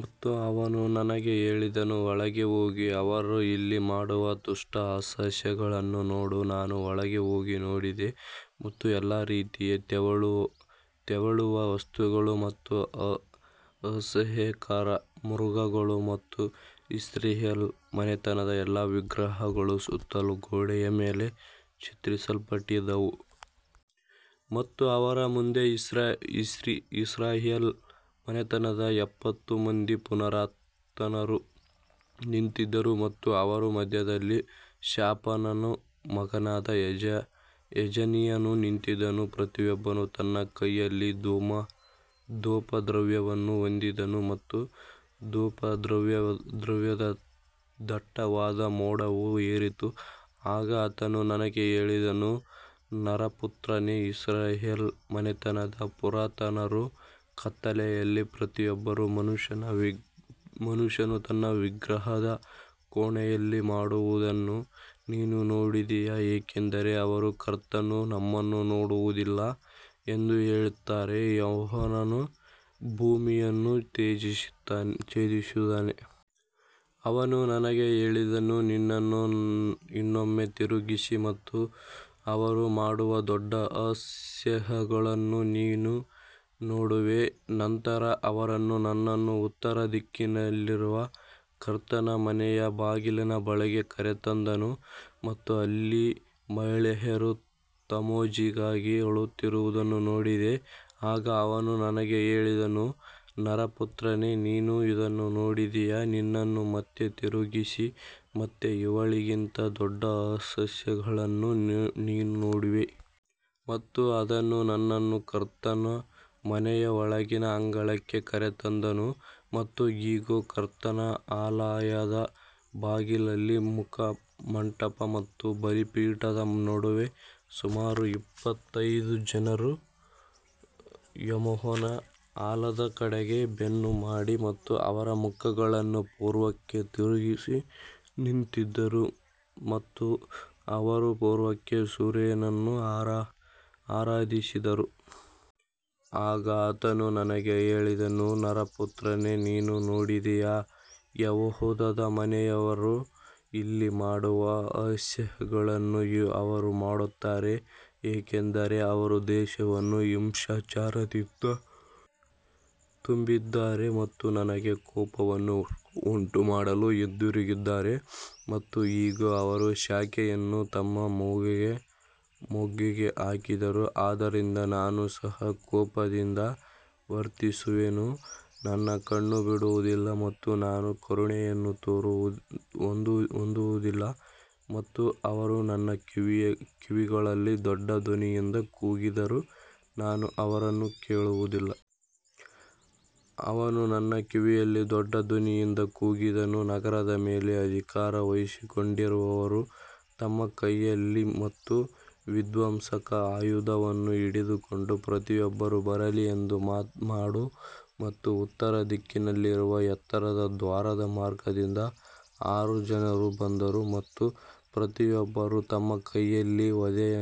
ಮತ್ತು ಅವನು ನನಗೆ ಹೇಳಿದನು, ಒಳಗೆ ಹೋಗಿ ಅವರು ಇಲ್ಲಿ ಮಾಡುವ ದುಷ್ಟ ಅಸಹ್ಯಗಳನ್ನು ನೋಡು. ನಾನು ಒಳಗೆ ಹೋಗಿ ನೋಡಿದೆ ಮತ್ತು ಎಲ್ಲಾ ರೀತಿಯ ತೆವಳುವ ವಸ್ತುಗಳು ಮತ್ತು ಅಸಹ್ಯಕರ ಮೃಗಗಳು ಮತ್ತು ಇಸ್ರಾಯೇಲ್ ಮನೆತನದ ಎಲ್ಲಾ ವಿಗ್ರಹಗಳು ಸುತ್ತಲೂ ಗೋಡೆಯ ಮೇಲೆ ಚಿತ್ರಿಸಲ್ಪಟ್ಟಿದ್ದವು. ಮತ್ತು ಅವರ ಮುಂದೆ ಇಸ್ರಾಯೇಲ್ ಮನೆತನದ ಎಪ್ಪತ್ತು ಮಂದಿ ಪುರಾತನರು ನಿಂತಿದ್ದರು ಮತ್ತು ಅವರ ಮಧ್ಯದಲ್ಲಿ ಶಾಫಾನನ ಮಗನಾದ ಯಾಜನೀಯನು ನಿಂತಿದ್ದನು, ಪ್ರತಿಯೊಬ್ಬನು ತನ್ನ ಕೈಯಲ್ಲಿ ಧೂಪದ್ರವ್ಯವನ್ನು ಹೊಂದಿದ್ದನು ಮತ್ತು ಧೂಪದ್ರವ್ಯದ ದಟ್ಟವಾದ ಮೋಡವು ಏರಿತು. ಆಗ ಆತನು ನನಗೆ ಹೇಳಿದನು, ನರಪುತ್ರನೇ, ಇಸ್ರಾಯೇಲ್ ಮನೆತನದ ಪುರಾತನರು ಕತ್ತಲೆಯಲ್ಲಿ ಪ್ರತಿಯೊಬ್ಬ ಮನುಷ್ಯನು ತನ್ನ ವಿಗ್ರಹದ ಕೋಣೆಗಳಲ್ಲಿ ಮಾಡುವುದನ್ನು ನೀನು ನೋಡಿದೆಯಾ, ಏಕೆಂದರೆ ಅವರು ಕರ್ತನು ನಮ್ಮನ್ನು ನೋಡುವುದಿಲ್ಲ ಎಂದು ಹೇಳುತ್ತಾರೆ, ಯೆಹೋವನು ಭೂಮಿಯನ್ನು ತ್ಯಜಿಸಿದ್ದಾನೆ. ಅವನು ನನಗೆ ಹೇಳಿದನು, ನಿನ್ನನ್ನು ಇನ್ನೊಮ್ಮೆ ತಿರುಗಿಸು ಮತ್ತು ಅವರು ಮಾಡುವ ದೊಡ್ಡ ಅಸಹ್ಯಗಳನ್ನು ನೀನು ನೋಡುವೆ. ನಂತರ ಅವನು ನನ್ನನ್ನು ಉತ್ತರ ದಿಕ್ಕಿನಲ್ಲಿರುವ ಕರ್ತನ ಮನೆಯ ಬಾಗಿಲಿನ ಬಳಿಗೆ ಕರೆತಂದನು ಮತ್ತು ಅಲ್ಲಿ ಮಹಿಳೆಯರು ತಮ್ಮೂಜಿಗಾಗಿ ಅಳುತ್ತಿರುವುದನ್ನು ನೋಡಿದೆ. ಆಗ ಅವನು ನನಗೆ ಹೇಳಿದನು, ನರಪುತ್ರನೇ, ನೀನು ಇದನ್ನು ನೋಡಿದೆಯಾ, ನಿನ್ನನ್ನು ಮತ್ತೆ ತಿರುಗಿಸು ಮತ್ತು ಇವುಗಳಿಗಿಂತ ದೊಡ್ಡ ಅಸಹ್ಯಗಳನ್ನು ನೀನು ನೋಡುವೆ. ಮತ್ತು ಅವನು ನನ್ನನ್ನು ಕರ್ತನ ಮನೆಯ ಒಳಗಿನ ಅಂಗಳಕ್ಕೆ ಕರೆತಂದನು ಮತ್ತು ಇಗೋ, ಕರ್ತನ ಆಲಯದ ಬಾಗಿಲಲ್ಲಿ ಮುಖಮಂಟಪ ಮತ್ತು ಬಲಿಪೀಠದ ನಡುವೆ ಸುಮಾರು ಇಪ್ಪತ್ತೈದು ಜನರು ಯೆಹೋವನ ಆಲಯದ ಕಡೆಗೆ ಬೆನ್ನು ಮಾಡಿ ಮತ್ತು ಅವರ ಮುಖಗಳನ್ನು ಪೂರ್ವಕ್ಕೆ ತಿರುಗಿಸಿ ನಿಂತಿದ್ದರು. ಮತ್ತು ಅವರು ಪೂರ್ವಕ್ಕೆ ಸೂರ್ಯನನ್ನು ಆರಾಧಿಸಿದರು. ಆಗ ಆತನು ನನಗೆ ಹೇಳಿದನು, ನರಪುತ್ರನೇ, ನೀನು ನೋಡಿದೆಯಾ, ಯೆಹೂದದ ಮನೆಯವರು ಇಲ್ಲಿ ಮಾಡುವ ಅಸಹ್ಯಗಳನ್ನು ಅವರು ಮಾಡುತ್ತಾರೆ, ಏಕೆಂದರೆ ಅವರು ದೇಶವನ್ನು ಹಿಂಸಾಚಾರದಿಂದ ತುಂಬಿದ್ದಾರೆ ಮತ್ತು ನನಗೆ ಕೋಪವನ್ನು ಉಂಟುಮಾಡಲು ಹಿಂದಿರುಗಿದ್ದಾರೆ. ಮತ್ತು ಇಗೋ, ಅವರು ಶಾಖೆಯನ್ನು ತಮ್ಮ ಮೂಗಿಗೆ ಹಾಕಿದರು. ಆದ್ದರಿಂದ ನಾನು ಸಹ ಕೋಪದಿಂದ ವರ್ತಿಸುವೆನು, ನನ್ನ ಕಣ್ಣು ಬಿಡುವುದಿಲ್ಲ ಮತ್ತು ನಾನು ಕರುಣೆಯನ್ನು ಹೊಂದುವುದಿಲ್ಲ ಮತ್ತು ಅವರು ನನ್ನ ಕಿವಿಗಳಲ್ಲಿ ದೊಡ್ಡ ಧ್ವನಿಯಿಂದ ಕೂಗಿದರೂ ನಾನು ಅವರನ್ನು ಕೇಳುವುದಿಲ್ಲ. ಅವನು ನನ್ನ ಕಿವಿಯಲ್ಲಿ ದೊಡ್ಡ ಧ್ವನಿಯಿಂದ ಕೂಗಿದನು, ನಗರದ ಮೇಲೆ ಅಧಿಕಾರ ವಹಿಸಿಕೊಂಡಿರುವವರು ತಮ್ಮ ಕೈಯಲ್ಲಿ ತಮ್ಮ ವಿಧ್ವಂಸಕ ಆಯುಧವನ್ನು ಹಿಡಿದುಕೊಂಡು ಪ್ರತಿಯೊಬ್ಬರೂ ಬರಲಿ ಎಂದು ಮಾಡು. ಮತ್ತು ಉತ್ತರ ದಿಕ್ಕಿನಲ್ಲಿರುವ ಎತ್ತರದ ದ್ವಾರದ ಮಾರ್ಗದಿಂದ ಆರು ಜನರು ಬಂದರು ಮತ್ತು ಪ್ರತಿಯೊಬ್ಬರೂ ತಮ್ಮ ಕೈಯಲ್ಲಿ ವಧೆಯ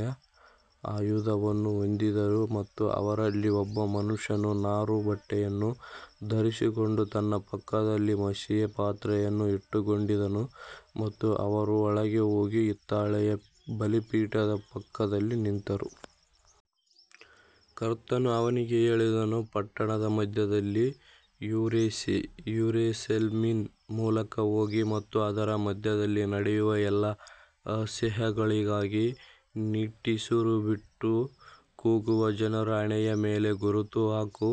ಆಯುಧವನ್ನು ಹೊಂದಿದ್ದರು ಮತ್ತು ಅವರಲ್ಲಿ ಒಬ್ಬ ಮನುಷ್ಯನು ನಾರುಬಟ್ಟೆಯನ್ನು ಧರಿಸಿಕೊಂಡು ತನ್ನ ಪಕ್ಕದಲ್ಲಿ ಮಸಿಯ ಪಾತ್ರೆಯನ್ನು ಇಟ್ಟುಕೊಂಡಿದ್ದನು ಮತ್ತು ಅವರು ಒಳಗೆ ಹೋಗಿ ಹಿತ್ತಾಳೆಯ ಬಲಿಪೀಠದ ಪಕ್ಕದಲ್ಲಿ ನಿಂತರು. ಕರ್ತನು ಅವನಿಗೆ ಹೇಳಿದನು, ಪಟ್ಟಣದ ಮಧ್ಯದಲ್ಲಿ, ಯೆರೂಸಲೇಮಿನ ಮೂಲಕ ಹೋಗಿ ಮತ್ತು ಅದರ ಮಧ್ಯದಲ್ಲಿ ನಡೆಯುವ ಎಲ್ಲಾ ಅಸಹ್ಯಗಳಿಗಾಗಿ ನಿಟ್ಟುಸಿರುಬಿಟ್ಟು ಕೂಗುವ ಜನರ ಹಣೆಯ ಮೇಲೆ ಗುರುತು ಹಾಕು.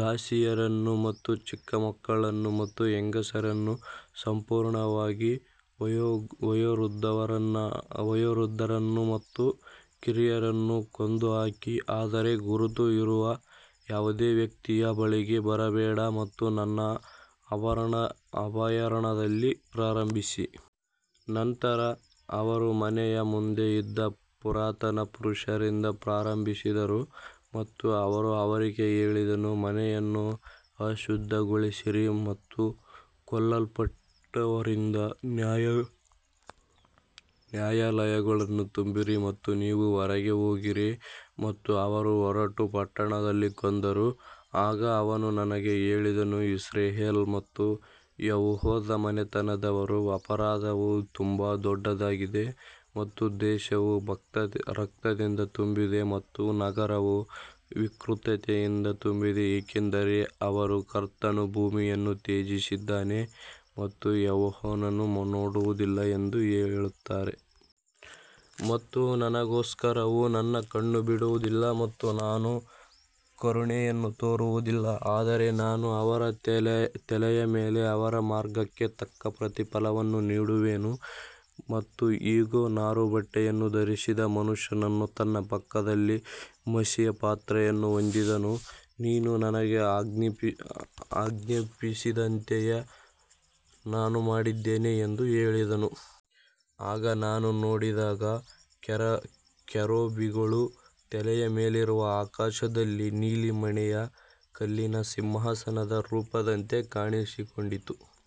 ದಾಸಿಯರನ್ನು ಮತ್ತು ಚಿಕ್ಕ ಮಕ್ಕಳನ್ನು ಮತ್ತು ಹೆಂಗಸರನ್ನು, ಸಂಪೂರ್ಣವಾಗಿ ವಯೋವೃದ್ಧರನ್ನು ಮತ್ತು ಕಿರಿಯರನ್ನು ಕೊಂದುಹಾಕಿ, ಆದರೆ ಗುರುತು ಇರುವ ಯಾವುದೇ ವ್ಯಕ್ತಿಯ ಬಳಿಗೆ ಬರಬೇಡಿ ಮತ್ತು ನನ್ನ ಅಭಯಾರಣ್ಯದಲ್ಲಿ ಪ್ರಾರಂಭಿಸಿರಿ. ನಂತರ ಅವರು ಮನೆಯ ಮುಂದೆ ಇದ್ದ ಪುರಾತನ ಪುರುಷರಿಂದ ಪ್ರಾರಂಭಿಸಿದರು. ಮತ್ತು ಅವನು ಅವರಿಗೆ ಹೇಳಿದನು, ಮನೆಯನ್ನು ಅಶುದ್ಧಗೊಳಿಸಿರಿ ಮತ್ತು ಕೊಲ್ಲಲ್ಪಟ್ಟವರಿಂದ ನ್ಯಾಯಾಲಯಗಳನ್ನು ತುಂಬಿರಿ ಮತ್ತು ನೀವು ಹೊರಗೆ ಹೋಗಿರಿ. ಮತ್ತು ಅವರು ಹೊರಟು ಪಟ್ಟಣದಲ್ಲಿ ಕೊಂದರು. ಆಗ ಅವನು ನನಗೆ ಹೇಳಿದನು, ಇಸ್ರಾಯೇಲ್ ಮತ್ತು ಯೆಹೂದದ ಮನೆತನದವರ ಅಪರಾಧವು ತುಂಬಾ ದೊಡ್ಡದಾಗಿದೆ ಮತ್ತು ದೇಶವು ರಕ್ತದಿಂದ ತುಂಬಿದೆ ಮತ್ತು ನಗರವು ವಿಕೃತತೆಯಿಂದ ತುಂಬಿದೆ, ಏಕೆಂದರೆ ಅವರು ಕರ್ತನು ಭೂಮಿಯನ್ನು ತ್ಯಜಿಸಿದ್ದಾನೆ ಮತ್ತು ಯೆಹೋವನು ನೋಡುವುದಿಲ್ಲ ಎಂದು ಹೇಳುತ್ತಾರೆ. ಮತ್ತು ನನಗೋಸ್ಕರವೂ ನನ್ನ ಕಣ್ಣು ಬಿಡುವುದಿಲ್ಲ ಮತ್ತು ನಾನು ಕರುಣೆಯನ್ನು ತೋರಿಸುವುದಿಲ್ಲ, ಆದರೆ ನಾನು ಅವರ ತಲೆಯ ಮೇಲೆ ಅವರ ಮಾರ್ಗಕ್ಕೆ ತಕ್ಕ ಪ್ರತಿಫಲವನ್ನು ನೀಡುವೆನು. ಮತ್ತು ಇಗೋ, ನಾರುಬಟ್ಟೆಯನ್ನು ಧರಿಸಿದ್ದ ಮನುಷ್ಯನು ತನ್ನ ಪಕ್ಕದಲ್ಲಿ ಮಸಿಯ ಪಾತ್ರೆಯನ್ನು ಹೊಂದಿದ್ದನು, ನೀನು ನನಗೆ ಆಜ್ಞಾಪಿಸಿದಂತೆಯೇ ನಾನು ಮಾಡಿದ್ದೇನೆ ಎಂದು ಹೇಳಿದನು. ಆಗ ನಾನು ನೋಡಿದಾಗ ಕೆರೂಬಿಗಳ ತಲೆಯ ಮೇಲಿರುವ ಆಕಾಶದಲ್ಲಿ ನೀಲಮಣಿಯ ಕಲ್ಲಿನ ಸಿಂಹಾಸನದ ರೂಪದಂತೆ ಕಾಣಿಸಿಕೊಂಡಿತು.